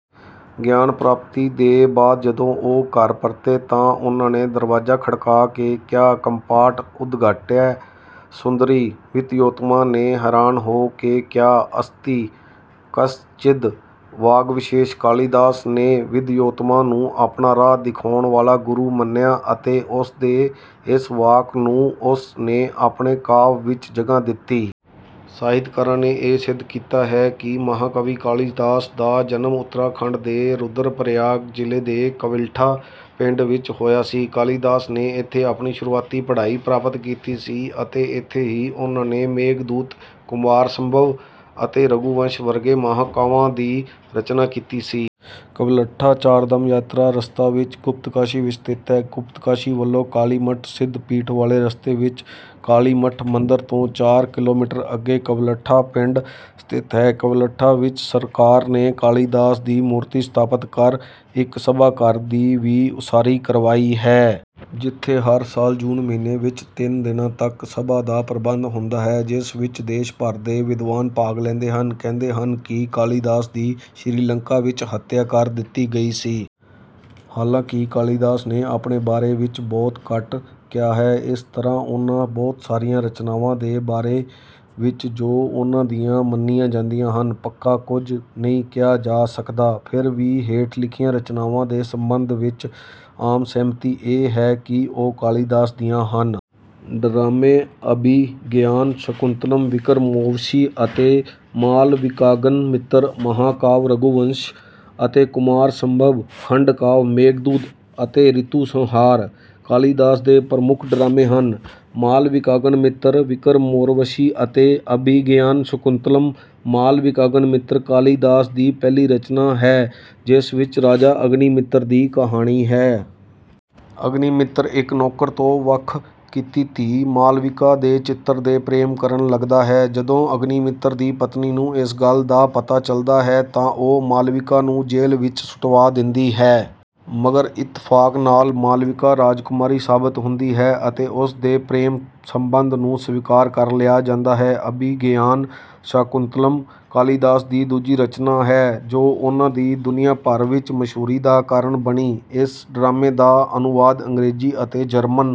ਗਿਆਨ ਪ੍ਰਾਪਤੀ ਦੇ ਬਾਅਦ ਜਦੋਂ ਉਹ ਘਰ ਪਰਤੇ ਤਾਂ ਉਨ੍ਹਾਂ ਨੇ ਦਰਵਾਜਾ ਖੜਕਾ ਕੇ ਕਿਹਾ ਕਪਾਟ ਉਦਘਾਟਿਅ ਸੁੰਦਰੀ। ਵਿਦਯੋੱਤਮਾ ਨੇ ਹੈਰਾਨ ਹੋਕੇ ਕਿਹਾ ਅਸਤੀ ਕਸ਼ਚਿਦ ਵਾਗਵਿਸ਼ੇਸ਼। ਕਾਲੀਦਾਸ ਨੇ ਵਿਦਯੋੱਤਮਾ ਨੂੰ ਆਪਣਾ ਰਾਹ ਦਿਖਾਉਣ ਵਾਲਾ ਗੁਰੂ ਮੰਨਿਆ ਅਤੇ ਉਸਦੇ ਇਸ ਵਾਕ ਨੂੰ ਉਸ ਨੇ ਆਪਣੇ ਕਾਵ ਵਿੱਚ ਜਗ੍ਹਾ ਦਿੱਤੀ। ਸਾਹਿਤਕਾਰਾਂ ਨੇ ਇਹ ਸਿੱਧ ਕੀਤਾ ਹੈ ਕਿ ਮਹਾਕਵੀ ਕਾਲੀਦਾਸ ਦਾ ਜਨਮ ਉਤਰਾਖੰਡ ਦੇ ਰੁਦਰਪ੍ਰਯਾਗ ਜਿਲ੍ਹੇ ਦੇ ਕਵਿਲਠਾ ਪਿੰਡ ਵਿੱਚ ਹੋਇਆ ਸੀ। ਕਾਲੀਦਾਸ ਨੇ ਇੱਥੇ ਆਪਣੀ ਸ਼ੁਰੂਆਤੀ ਪੜ੍ਹਾਈ ਪ੍ਰਾਪਤ ਕੀਤੀ ਸੀ ਅਤੇ ਇੱਥੇ ਹੀ ਉਨ੍ਹਾਂ ਨੇ ਮੇਘਦੂਤ ਕੁਮਾਰਸੰਭਵ ਅਤੇ ਰਘੂਵੰਸ਼ ਵਰਗੇ ਮਹਾਂਕਾਵਾਂ ਦੀ ਰਚਨਾ ਕੀਤੀ ਸੀ। ਕਵਿਲਠਾ ਚਾਰਧਾਮ ਯਾਤਰਾ ਰਸਤਾ ਵਿੱਚ ਗੁਪਤਕਾਸ਼ੀ ਵਿੱਚ ਸਥਿਤ ਹੈ। ਗੁਪਤਕਾਸ਼ੀ ਵਲੋਂ ਕਾਲੀਮਠ ਸਿੱਧਪੀਠ ਵਾਲੇ ਰਸਤੇ ਵਿੱਚ ਕਾਲੀਮਠ ਮੰਦਿਰ ਤੋਂ ਚਾਰ ਕਿਲੋਮੀਟਰ ਅੱਗੇ ਕਵਿਲਠਾ ਪਿੰਡ ਸਥਿਤ ਹੈ। ਕਵਿਲਠਾ ਵਿੱਚ ਸਰਕਾਰ ਨੇ ਕਾਲੀਦਾਸ ਦੀ ਮੂਰਤੀ ਸਥਾਪਤ ਕਰ ਇੱਕ ਸਭਾ ਘਰ ਦੀ ਵੀ ਉਸਾਰੀ ਕਰਵਾਈ ਹੈ। ਜਿੱਥੇ ਹਰ ਸਾਲ ਜੂਨ ਮਹੀਨੇ ਵਿੱਚ ਤਿੰਨ ਦਿਨਾਂ ਤੱਕ ਸਭਾ ਦਾ ਪ੍ਰਬੰਧ ਹੁੰਦਾ ਹੈ ਜਿਸ ਵਿੱਚ ਦੇਸ਼ ਭਰ ਦੇ ਵਿਦਵਾਨ ਭਾਗ ਲੈਂਦੇ ਹਨ। ਕਹਿੰਦੇ ਹਨ ਕਿ ਕਾਲੀਦਾਸ ਦੀ ਸ਼ਿਰੀਲੰਕਾ ਵਿੱਚ ਹੱਤਿਆ ਕਰ ਦਿੱਤੀ ਗਈ ਸੀ। ਹਾਲਾਂਕਿ ਕਾਲੀਦਾਸ ਨੇ ਆਪਣੇ ਬਾਰੇ ਵਿੱਚ ਬਹੁਤ ਘੱਟ ਕਿਹਾ ਹੈ ਇਸ ਤਰ੍ਹਾਂ ਉਨ੍ਹਾਂ ਬਹੁਤ ਸਾਰੀਆਂ ਰਚਨਾਵਾਂ ਦੇ ਬਾਰੇ ਵਿੱਚ ਜੋ ਉਨ੍ਹਾਂ ਦੀਆਂ ਮੰਨੀਆਂ ਜਾਂਦੀਆਂ ਹਨ ਪੱਕਾ ਕੁੱਝ ਨਹੀਂ ਕਿਹਾ ਜਾ ਸਕਦਾ। ਫਿਰ ਵੀ ਹੇਠ ਲਿਖੀਆਂ ਰਚਨਾਵਾਂ ਦੇ ਸੰਬੰਧ ਵਿੱਚ ਆਮ ਸਹਿਮਤੀ ਇਹ ਹੈ ਕਿ ਉਹ ਕਾਲੀਦਾਸ ਦੀਆਂ ਹਨ। ਡਰਾਮੇ ਅਭਿਗਿਆਨਸ਼ਾਕੁੰਤਲਮ ਵਿਕਰਮੋਵਸ਼ੀ ਅਤੇ ਮਾਲਵਿਕਾਗਨਿਮਿਤਰ। ਮਹਾਂਕਾਵਿ ਰਘੁਵੰਸ਼ ਅਤੇ ਕੁਮਾਰਸੰਭਵ। ਖੰਡਕਾਵ ਮੇਘਦੂਤਮ ਅਤੇ ਰਿਤੁਸੰਹਾਰ। ਕਾਲੀਦਾਸ ਦੇ ਪ੍ਰਮੁੱਖ ਡਰਾਮੇ ਹਨ ਮਾਲਵਿਕਾਗਨਿਮਿਤਰ ਵਿਕਰਮੋਰਵਸ਼ੀ ਅਤੇ ਅਭਿਗਿਆਨਸ਼ਕੁੰਤਲਮ। ਮਾਲਵਿਕਾਗਨਿਮਿਤਰ ਕਾਲੀਦਾਸ ਦੀ ਪਹਿਲੀ ਰਚਨਾ ਹੈ ਜਿਸ ਵਿੱਚ ਰਾਜਾ ਅਗਨੀਮਿਤਰ ਦੀ ਕਹਾਣੀ ਹੈ। ਅਗਨੀਮਿਤਰ ਇੱਕ ਨੌਕਰ ਤੋਂ ਵੱਖ ਕੀਤੀ ਧੀ ਮਾਲਵਿਕਾ ਦੇ ਚਿੱਤਰ ਦੇ ਪ੍ਰੇਮ ਕਰਨ ਲੱਗਦਾ ਹੈ। ਜਦੋਂ ਅਗਨੀਮਿਤਰ ਦੀ ਪਤਨੀ ਨੂੰ ਇਸ ਗੱਲ ਦਾ ਪਤਾ ਚੱਲਦਾ ਹੈ ਤਾਂ ਉਹ ਮਾਲਵਿਕਾ ਨੂੰ ਜੇਲ੍ਹ ਵਿੱਚ ਸੁਟਵਾ ਦਿੰਦੀ ਹੈ। ਮਗਰ ਇਤਫਾਕ ਨਾਲ ਮਾਲਵਿਕਾ ਰਾਜਕੁਮਾਰੀ ਸਾਬਤ ਹੁੰਦੀ ਹੈ ਅਤੇ ਉਸਦੇ ਪ੍ਰੇਮ ਸੰਬੰਧ ਨੂੰ ਸਵੀਕਾਰ ਕਰ ਲਿਆ ਜਾਂਦਾ ਹੈ। ਅਭਿਗਿਆਨ ਸ਼ਾਕੁੰਤਲਮ ਕਾਲੀਦਾਸ ਦੀ ਦੂਜੀ ਰਚਨਾ ਹੈ ਜੋ ਉਨ੍ਹਾਂ ਦੀ ਦੁਨੀਆਂ ਭਰ ਵਿੱਚ ਮਸ਼ਹੂਰੀ ਦਾ ਕਾਰਨ ਬਣੀ। ਇਸ ਡਰਾਮੇ ਦਾ ਅਨੁਵਾਦ ਅੰਗਰੇਜ਼ੀ ਅਤੇ ਜਰਮਨ